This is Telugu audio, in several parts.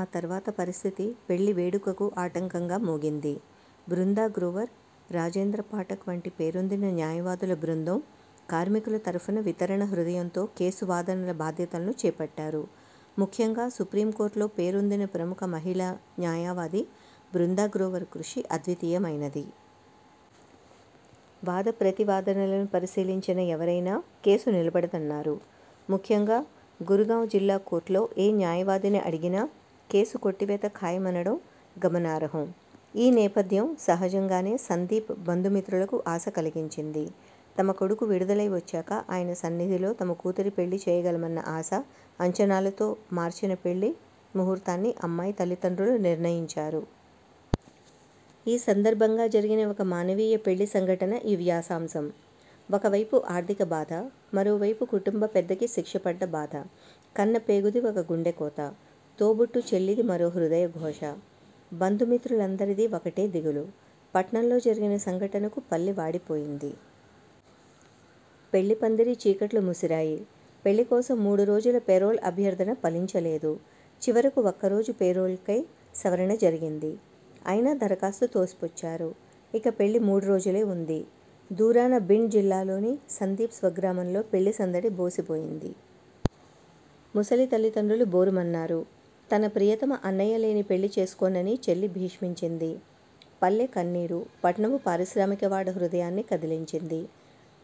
ఆ తర్వాత పరిస్థితి పెళ్ళి వేడుకకు ఆటంకంగా మోగింది. బృందా గ్రోవర్, రాజేంద్ర పాఠక్ వంటి పేరొందిన న్యాయవాదుల బృందం, కార్మికుల తరపున వితరణ హృదయంతో కేసు వాదనల బాధ్యతలను చేపట్టారు. ముఖ్యంగా సుప్రీం కోర్టులో పేరొందిన ప్రముఖ మహిళా న్యాయవాది బృందా గ్రోవర్ కృషి అద్వితీయమైనది. వాద ప్రతివాదనలను పరిశీలించిన ఎవరైనా కేసు నిలబడదన్నారు. ముఖ్యంగా గురుగావ్ జిల్లా కోర్టులో ఏ న్యాయవాదిని అడిగినా కేసు కొట్టివేత ఖాయమనడం గమనార్హం. ఈ నేపథ్యం, సహజంగానే సందీప్ బంధుమిత్రులకీ ఆశ కలిగించింది. తమ కొడుకు విడుదలై వచ్చాక ఆయన సన్నిధిలో తమ కూతురి పెళ్ళి చేయగలమన్న ఆశ, అంచనాలతో మార్చి న పెళ్ళి ముహుర్తాన్ని అమ్మాయి తల్లిదండ్రులు నిర్ణయించారు. ఈ సందర్భంగా జరిగిన ఒక మానవీయ పెళ్ళి సంఘటన ఈ వ్యాసాంశం. ఒకవైపు ఆర్థిక బాధ. మరోవైపు కుటుంబ పెద్దకి శిక్షపడ్డ బాధ. కన్న పేగుది ఒక గుండెకోత. తోబుట్టు చెల్లిది మరో హృదయ ఘోష. బంధుమిత్రులందరిదీ ఒకటే దిగులు. పట్నంలో జరిగిన సంఘటనకు పల్లె వాడి పోయింది. పెళ్ళి పందిరి చీకట్లు ముసిరాయి. పెళ్ళి కోసం మూడు రోజుల పెరోల్ అభ్యర్థన ఫలించలేదు. చివరకు ఒక్కరోజు పేరోల్కై సవరణ జరిగింది. అయినా దరఖాస్తు తోసిపుచ్చారు. ఇక పెళ్ళి మూడు రోజులే వుంది. దూరాన బిండ్ జిల్లాలోని సందీప్ స్వగ్రామంలో పెళ్ళి సందడి బోసి బోయింది. ముసలి తల్లిదండ్రులు బోరుమన్నారు. తన ప్రియతమ అన్నయ్యలేని పెళ్ళి చేసుకోనని చెల్లి భీష్మించింది. పల్లె కన్నీరు, పట్నపు పారిశ్రామిక వాడ హృదయాన్ని కదిలించింది.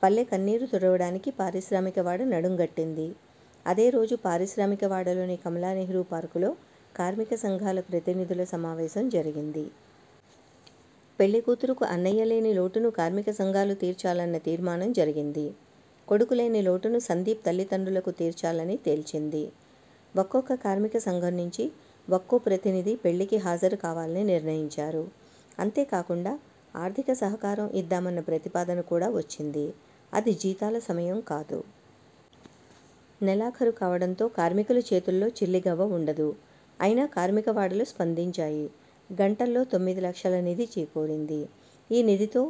పల్లె కన్నీరు తుడవడానికి పారిశ్రామికవాడ నడుం గట్టింది. అదే రోజు పారిశ్రామిక వాడలోని కమలా నెహ్రూ పార్కులో కార్మిక సంఘాల ప్రతినిధుల సమావేశం జరిగింది. పెళ్ళి కూతురుకు అన్నయ్యలేని లోటును కార్మిక సంఘాలు తీర్చాలన్న తీర్మానం జరిగింది. కొడుకులేని లోటును సందీప్ తల్లిదండ్రులకు తీర్చాలని తేల్చింది. ఒక్కొక్క కార్మిక సంఘం నుంచి ఒక్కో ప్రతినిధి పెళ్ళికి హాజరు కావాలని నిర్ణయించారు. అంతేకాకుండా ఆర్థిక సహకారం ఇద్దామన్న ప్రతిపాదన కూడా వచ్చింది. అది జీతాల సమయం కాదు. నెలాఖరు కావడంతో కార్మికుల చేతుల్లో చిల్లిగవ్వ వుండదు. అయినా కార్మికవాడలు స్పందించాయి. గంటల్లో తొమ్మిది లక్షల నిధి చేకూరింది. ఈ నిధితో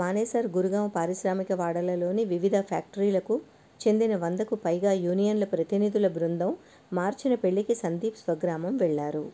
మానేసర్ గురుగావ్ పారిశ్రామిక వాడలలోని వివిధ ఫ్యాక్టరీలకు చెందిన వందకు పైగా యూనియన్ల ప్రతినిధుల బృందం మార్చి న పెళ్ళికి సందీప్ స్వగ్రామం వెళ్ళారు.